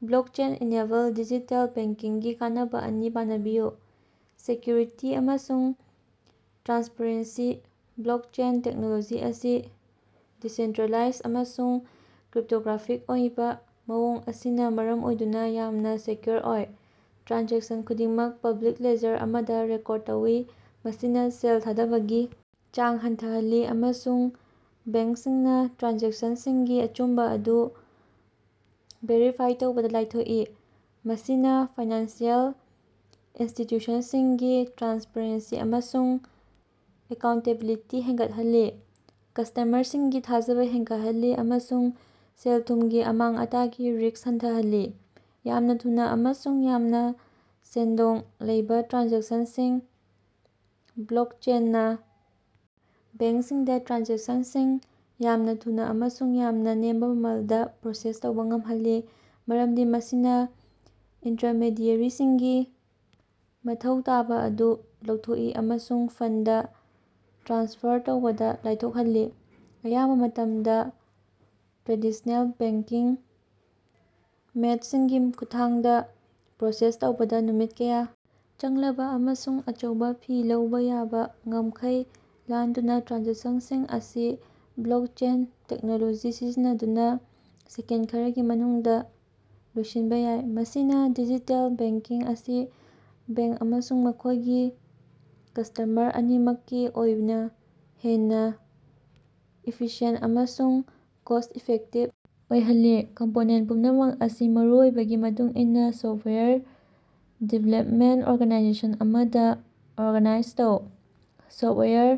Blockchain-enabled digital ꯕꯦꯡꯀꯤꯡꯒꯤ ꯀꯥꯟꯅꯕ ꯑꯅꯤ ꯄꯥꯅꯕꯤꯌꯨ꯫ ꯁꯦꯀ꯭ꯌꯨꯔꯤꯇꯤ ꯑꯃꯁꯨꯡ ꯇ꯭ꯔꯥꯟꯁꯄꯔꯦꯟꯁꯤ: ꯕ꯭ꯂꯣꯛꯆꯦꯟ ꯇꯦꯛꯅꯣꯂꯣꯖꯤ ꯑꯁꯤ ꯗꯤꯁꯦꯟꯇ꯭ꯔꯦꯂꯥꯏꯖ ꯑꯃꯁꯨꯡ ꯀ꯭ꯔꯤꯞꯇꯣꯒ꯭ꯔꯥꯐꯤꯛ ꯑꯣꯏꯕ ꯃꯑꯣꯡ ꯑꯁꯤꯅ ꯃꯔꯝ ꯑꯣꯏꯗꯨꯅ ꯌꯥꯝꯅ ꯁꯦꯀ꯭ꯌꯨꯔ ꯑꯣꯏ꯫ ꯇ꯭ꯔꯥꯟꯖꯦꯛꯁꯟ ꯈꯨꯗꯤꯡꯃꯛ ꯄꯕ꯭ꯂꯤꯛ ꯂꯦꯖꯔ ꯑꯃꯗ ꯔꯦꯀꯣꯔꯗ ꯇꯧꯏ, ꯃꯁꯤꯅ ꯁꯦꯜ ꯊꯥꯗꯕꯒꯤ ꯆꯥꯡ ꯍꯟꯊꯍꯜꯂꯤ ꯑꯃꯁꯨꯡ ꯕꯦꯡꯁꯤꯡꯅ ꯇ꯭ꯔꯥꯟꯖꯦꯛꯁꯟꯁꯤꯡꯒꯤ ꯑꯆꯨꯝꯕ ꯑꯗꯨ ꯚꯦꯔꯤꯐꯥꯏ ꯇꯧꯕꯗ ꯂꯥꯏꯊꯣꯛꯜꯂꯤ꯫ ꯃꯁꯤꯅ ꯐꯥꯏꯅꯥꯟꯁꯤꯑꯦꯜ ꯏꯟꯁꯇꯤꯇ꯭ꯌꯨꯁꯟꯁꯤꯡꯒꯤ ꯇ꯭ꯔꯥꯟꯁꯄꯔꯦꯟꯁꯤ ꯑꯃꯁꯨꯡ ꯑꯦꯀꯥꯎꯟꯇꯦꯕꯤꯂꯤꯇꯤ ꯍꯦꯟꯒꯠꯍꯜꯂꯤ, ꯀ꯭ꯁꯇꯃꯔꯁꯤꯡꯒꯤ ꯊꯥꯖꯕꯥ ꯍꯦꯟꯒꯠꯍꯜꯂꯤ ꯑꯃꯁꯨꯡ ꯁꯦꯜ-ꯊꯨꯝꯒꯤ ꯑꯃꯥꯡ-ꯑꯇꯥꯒꯤ ꯔꯤꯁ꯭ꯛ ꯍꯟꯊꯍꯜꯂꯤ꯫ ꯌꯥꯝꯅ ꯊꯨꯅ ꯑꯃꯁꯨꯡ ꯌꯥꯝꯅ ꯁꯦꯟꯗꯣꯡ ꯂꯩꯕ ꯇ꯭ꯔꯥꯟꯖꯦꯛꯁꯟꯁꯤꯡ: ꯕ꯭ꯂꯣꯛꯆꯦꯟꯅ ꯕꯦꯡꯁꯤꯡꯗ ꯇ꯭ꯔꯥꯟꯖꯦꯛꯁꯟꯁꯤꯡ ꯌꯥꯝꯅ ꯊꯨꯅ ꯑꯃꯁꯨꯡ ꯌꯥꯝꯅ ꯅꯦꯝꯕ ꯃꯃꯜꯗ ꯄ꯭ꯔꯣꯁꯦꯁ ꯇꯧꯕ ꯉꯝꯍꯜꯂꯤ, ꯃꯔꯝꯗꯤ ꯃꯁꯤꯅ ꯏꯟꯇ꯭ꯔꯃꯦꯗꯤꯑꯦꯔꯤꯁꯤꯡꯒꯤ ꯃꯊꯧ ꯇꯥꯕ ꯑꯗꯨ ꯂꯧꯊꯣꯛꯏ ꯑꯃꯁꯨꯡ ꯐꯟꯗ ꯇ꯭ꯔꯥꯟꯁꯐꯔ ꯇꯧꯕꯗꯥ ꯂꯥꯏꯊꯣꯈꯜꯂꯤ꯫ ꯑꯌꯥꯝꯕ ꯃꯇꯝꯗ ꯇ꯭ꯔꯦꯗꯤꯁ꯭ꯅꯦꯜ ꯕꯦꯡꯀꯤꯡ ꯃꯦꯊ꯭ꯗꯁꯤꯡꯒꯤ ꯈꯨꯠꯊꯥꯡꯗ ꯄ꯭ꯔꯣꯁꯦꯁ ꯇꯧꯕꯗ ꯅꯨꯃꯤꯠ ꯀꯌꯥ ꯆꯪꯂꯕ ꯑꯃꯁꯨꯡ ꯑꯆꯧꯕ ꯐꯤ ꯂꯧꯕ ꯌꯥꯕ ꯉꯝꯈꯩ ꯂꯥꯟꯗꯨꯅ ꯇ꯭ꯔꯥꯟꯖꯦꯛꯁꯟꯁꯤꯡ ꯑꯁꯤ ꯕ꯭ꯂꯣꯛꯆꯦꯟ ꯇꯦꯛꯅꯣꯂꯣꯖꯤ ꯁꯤꯖꯤꯟꯅꯗꯨꯅ ꯁꯦꯀꯦꯟ ꯈꯔꯒꯤ ꯃꯅꯨꯡꯗ ꯂꯣꯏꯁꯤꯟꯕ ꯌꯥꯏ꯫ ꯃꯁꯤꯅ ꯗꯤꯖꯤꯇꯦꯜ ꯕꯦꯡꯀꯤꯡ ꯑꯁꯤ ꯕꯦꯡꯛ ꯑꯃꯁꯨꯡ ꯃꯈꯣꯏꯒꯤ ꯀ꯭ꯁꯇꯃꯔ ꯑꯅꯤꯃꯛꯀꯤ ꯑꯣꯏꯅ ꯍꯦꯟꯅ ꯏꯐꯤꯁꯤꯌꯦꯟꯠ ꯑꯃꯁꯨꯡ ꯀꯣꯁ꯭ꯠ ꯏꯐꯦꯛꯇꯤꯕ ꯑꯣꯏꯍꯜꯂꯤ꯫ ꯀꯝꯄꯣꯅꯦꯟꯠ ꯄꯨꯝꯅꯃꯛ ꯑꯁꯤ ꯃꯔꯨꯑꯣꯏꯕꯒꯤ ꯃꯇꯨꯡꯏꯟꯅ ꯁꯣꯐꯋꯥꯌꯔ ꯗꯤꯚꯦꯂꯞꯃꯦꯟꯠ ꯑꯦꯟꯚꯥꯏꯔꯟꯃꯦꯟꯠ ꯑꯃꯗ ꯑꯣꯔꯒꯥꯅꯥꯏꯖ ꯇꯧ- software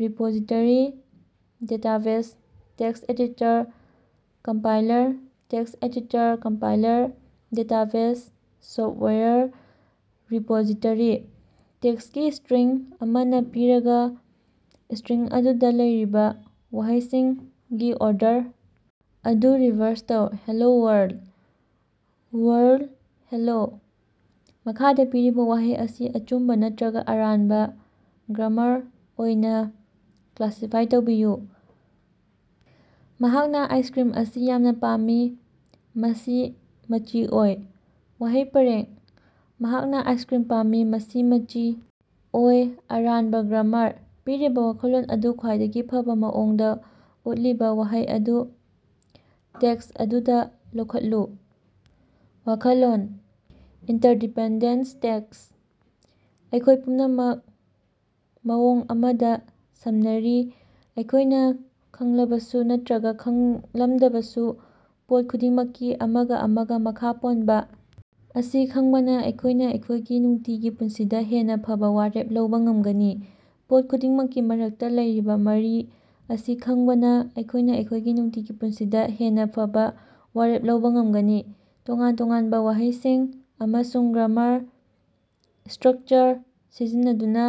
repository, database, text editor, compiler, text editor compiler database software repository. ꯇꯦꯛꯁꯀꯤ ꯁ꯭ꯇꯔꯤꯡ ꯑꯃꯥ ꯄꯤꯔꯒꯥ, ꯁ꯭ꯇꯔꯤꯡ ꯑꯗꯨꯗ ꯂꯩꯔꯤꯕ ꯋꯥꯍꯩꯁꯤꯡꯒꯤ ꯑꯣꯔꯗꯔ ꯑꯗꯨ ꯔꯤꯚ꯭ꯔꯁ ꯇꯧ꯫ Hello world. World hello. ꯃꯈꯥꯗꯥ ꯄꯤꯔꯤꯕꯥ ꯋꯥꯍꯩ ꯑꯁꯤ ꯑꯆꯨꯝꯕꯥ ꯅꯠꯇꯔꯒ ꯑꯔꯥꯟꯕ ꯒ꯭ꯔꯥꯃꯥꯔ ꯑꯣꯏꯅ ꯀ꯭ꯂꯥꯁꯤꯐꯥꯏ ꯇꯧꯕꯤꯌꯨ: "ꯃꯍꯥꯛꯅ ꯑꯥꯏꯁꯀ꯭ꯔꯤꯝ ꯑꯁꯤ ꯌꯥꯝꯅ ꯄꯥꯝꯃꯤ ꯃꯁꯤ ꯃꯆꯤ ꯑꯣꯏ꯫" ꯋꯥꯍꯩ ꯄꯔꯦꯡ: ꯃꯍꯥꯛꯅ ꯑꯥꯏꯁꯀ꯭ꯔꯤꯝ ꯄꯥꯝꯃꯤ ꯃꯁꯤ ꯃꯆꯤ ꯑꯣꯏ꯫ ꯑꯔꯥꯟꯕ ꯒ꯭ꯔꯥꯃꯥꯔ꯫ ꯄꯤꯔꯤꯕ ꯋꯥꯈꯜꯂꯣꯟ ꯑꯗꯨꯕꯨ ꯈ꯭ꯋꯥꯏꯗꯒꯤ ꯐꯕ ꯃꯑꯣꯡꯗ ꯎꯠꯂꯤꯕ ꯋꯥꯍꯩ ꯑꯗꯨ ꯇꯦꯛꯁ ꯑꯗꯨꯗ ꯂꯧꯈꯠꯂꯨ꯫ ꯋꯥꯈꯜꯂꯣꯟ: ꯏꯟꯇꯔꯗꯤꯄꯦꯟꯗꯦꯟꯁ ꯇꯦꯛꯁ: ꯑꯩꯈꯣꯏ ꯄꯨꯝꯅꯃꯛ ꯃꯑꯣꯡ ꯑꯃꯗ ꯁꯝꯅꯔꯤ, ꯑꯩꯈꯣꯏꯅ ꯈꯪꯂꯕꯁꯨ ꯅꯠꯇꯔꯒ ꯈꯪꯂꯝꯗꯕꯁꯨ꯫ ꯄꯣꯠ ꯈꯨꯗꯤꯡꯃꯛꯀꯤ ꯑꯃꯒ ꯑꯃꯒ ꯃꯈꯥ ꯄꯣꯟꯕ ꯑꯁꯤ ꯈꯪꯕꯅ ꯑꯩꯈꯣꯏꯅ ꯑꯩꯈꯣꯏꯒꯤ ꯅꯨꯡꯇꯤꯒꯤ ꯄꯨꯟꯁꯤꯗ ꯍꯦꯟꯅ ꯐꯕ ꯋꯥꯔꯦꯞ ꯂꯧꯕ ꯉꯝꯒꯅꯤ꯫ ꯄꯣꯠ ꯈꯨꯗꯤꯡꯃꯛꯀꯤ ꯃꯔꯛꯇ ꯂꯩꯔꯤꯕ ꯃꯔꯤ ꯑꯁꯤ ꯈꯪꯕꯅ ꯑꯩꯈꯣꯏꯅ ꯑꯩꯈꯣꯏꯒꯤ ꯅꯨꯡꯇꯤꯒꯤ ꯄꯨꯟꯁꯤꯗ ꯍꯦꯟꯅ ꯐꯕ ꯋꯥꯔꯦꯞ ꯂꯧꯕꯥ ꯉꯝꯒꯅꯤ꯫ ꯇꯣꯉꯥꯟ-ꯇꯣꯉꯥꯟꯕ ꯋꯥꯍꯩꯁꯤꯡ ꯑꯃꯁꯨꯡ ꯒ꯭ꯔꯥꯃꯥꯔ ꯁ꯭ꯇꯔꯛꯆꯔ ꯁꯤꯖꯤꯟꯅꯗꯨꯅ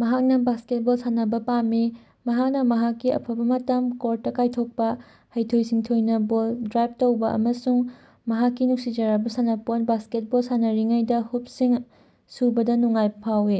"ꯃꯍꯥꯛꯅ ꯕꯥꯁ꯭ꯀꯦꯠꯕꯣꯜ ꯁꯥꯟꯅꯕ ꯄꯥꯝꯃꯤ꯫" ꯃꯍꯥꯛꯅ ꯃꯍꯥꯛꯀꯤ ꯑꯐꯕ ꯃꯇꯝ ꯀꯣꯔ꯭ꯠꯇ ꯀꯥꯏꯊꯣꯛꯄ, ꯍꯩꯊꯣꯏ-ꯁꯤꯡꯊꯣꯏꯅ ꯕꯣꯜ ꯗ꯭ꯔꯥꯏꯕ ꯇꯧꯕ ꯑꯃꯁꯨꯡ ꯃꯍꯥꯛꯀꯤ ꯅꯨꯡꯁꯤꯖꯔꯕ ꯁꯥꯟꯅꯄꯣꯠ ꯕꯥꯁꯀꯦꯠꯕꯣꯜ ꯁꯥꯟꯅꯔꯤꯉꯩꯗ ꯍꯨꯞꯁꯤꯡ ꯁꯨꯕꯗ ꯅꯨꯡꯉꯥꯏꯕ ꯐꯥꯎꯏ꯫